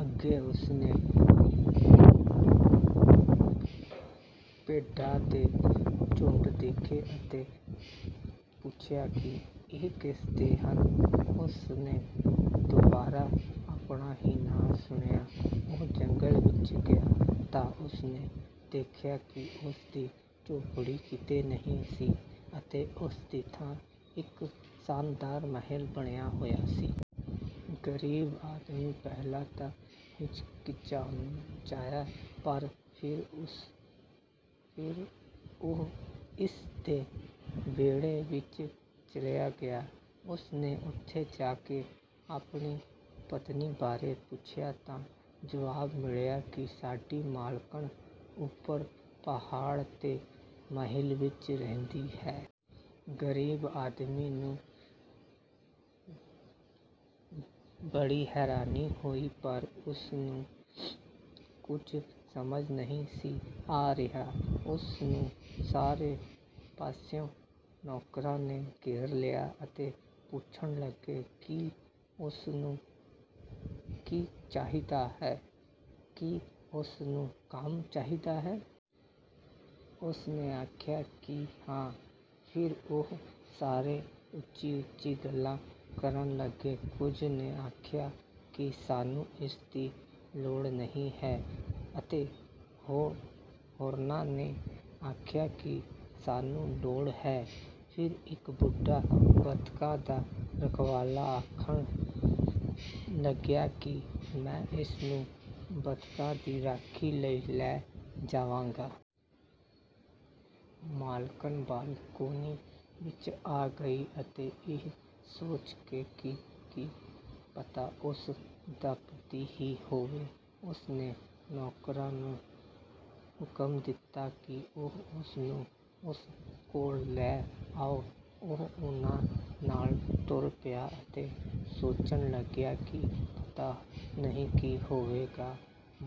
ਅੱਗੇ ਉਸ ਨੇ ਭੇਡਾਂ ਦੇ ਝੁੰਡ ਦੇਖੇ ਅਤੇ ਪੁੱਛਿਆ ਕਿ ਇਹ ਕਿਸ ਦੇ ਹਨ। ਉਸ ਨੇ ਦੁਬਾਰਾ ਆਪਣਾ ਹੀ ਨਾਂ ਸੁਣਿਆ। ਉਹ ਜੰਗਲ ਵਿੱਚ ਗਿਆ ਤਾਂ ਉਸ ਨੇ ਦੇਖਿਆ ਕਿ ਉਸ ਦੀ ਝੌਂਪੜੀ ਕਿਤੇ ਨਹੀਂ ਸੀ ਅਤੇ ਉਸ ਦੀ ਥਾਂ ਇੱਕ ਸ਼ਾਨਦਾਰ ਮਹਿਲ ਬਣਿਆ ਹੋਇਆ ਸੀ। ਗ਼ਰੀਬ ਆਦਮੀ ਪਹਿਲਾਂ ਤਾਂ ਹਿਚਕਚਾਇਆ ਪਰ ਫਿਰ ਉਹ ਇਸ ਦੇ ਵਿਹੜੇ ਵਿੱਚ ਚਲਿਆ ਗਿਆ। ਉਸ ਨੇ ਉੱਥੇ ਜਾ ਕੇ ਆਪਣੀ ਪਤਨੀ ਬਾਰੇ ਪੁੱਛਿਆ ਤਾਂ ਜੁਆਬ ਮਿਲਿਆ ਕਿ ਸਾਡੀ ਮਾਲਕਣ ਉੱਪਰ ਪਹਾੜ 'ਤੇ ਮਹਿਲ ਵਿੱਚ ਰਹਿੰਦੀ ਹੈ। ਗ਼ਰੀਬ ਆਦਮੀ ਨੂੰ ਬੜੀ ਹੈਰਾਨੀ ਹੋਈ ਪਰ ਉਸ ਨੂੰ ਕੁਝ ਸਮਝ ਨਹੀਂ ਸੀ ਆ ਰਿਹਾ। ਉਸ ਨੂੰ ਸਾਰੇ ਪਾਸਿਓਂ ਨੌਕਰਾਂ ਨੇ ਘੇਰ ਲਿਆ ਅਤੇ ਪੁੱਛਣ ਲੱਗੇ ਕਿ ਉਸ ਨੂੰ ਕੀ ਚਾਹੀਦਾ ਹੈ, ਕੀ ਉਸ ਨੂੰ ਕੰਮ ਚਾਹੀਦਾ ਹੈ। ਉਸ ਨੇ ਆਖਿਆ ਕਿ ਹਾਂ। ਫਿਰ ਉਹ ਸਾਰੇ ਉੱਚੀ-ਉੱਚੀ ਗੱਲਾਂ ਕਰਨ ਲੱਗੇ। ਕੁਝ ਨੇ ਆਖਿਆ ਕਿ ਸਾਨੂੰ ਇਸ ਦੀ ਲੋੜ ਨਹੀਂ ਹੈ ਅਤੇ ਹੋਰਨਾਂ ਨੇ ਆਖਿਆ ਕਿ ਸਾਨੂੰ ਲੋੜ ਹੈ। ਫਿਰ ਇੱਕ ਬੁੱਢਾ ਬੱਤਖਾਂ ਦਾ ਰਖਵਾਲਾ ਆਖਣ ਲੱਗਿਆ ਕਿ ਮੈਂ ਇਸ ਨੂੰ ਬੱਤਖਾਂ ਦੀ ਰਾਖੀ ਲਈ ਲੈ ਜਾਵਾਂਗਾ। ਮਾਲਕਣ ਬਾਲਕੋਨੀ ਵਿੱਚ ਆ ਗਈ ਅਤੇ ਇਹ ਸੋਚ ਕੇ ਕਿ ਕੀ ਪਤਾ ਉਸ ਦਾ ਪਤੀ ਹੀ ਹੋਵੇ, ਉਸ ਨੇ ਨੌਕਰਾਂ ਨੂੰ ਹੁਕਮ ਦਿੱਤਾ ਕਿ ਉਹ ਉਸ ਨੂੰ ਉਸ ਕੋਲ ਲੈ ਆਉਣ। ਉਹ ਉਨ੍ਹਾਂ ਨਾਲ ਤੁਰ ਪਿਆ ਅਤੇ ਸੋਚਣ ਲੱਗਿਆ ਕਿ ਪਤਾ ਨਹੀਂ ਕੀ ਹੋਵੇਗਾ।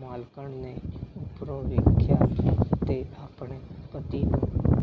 ਮਾਲਕਣ ਨੇ ਉੱਪਰੋਂ ਵੇਖਿਆ ਤੇ ਆਪਣੇ ਪਤੀ ਨੂੰ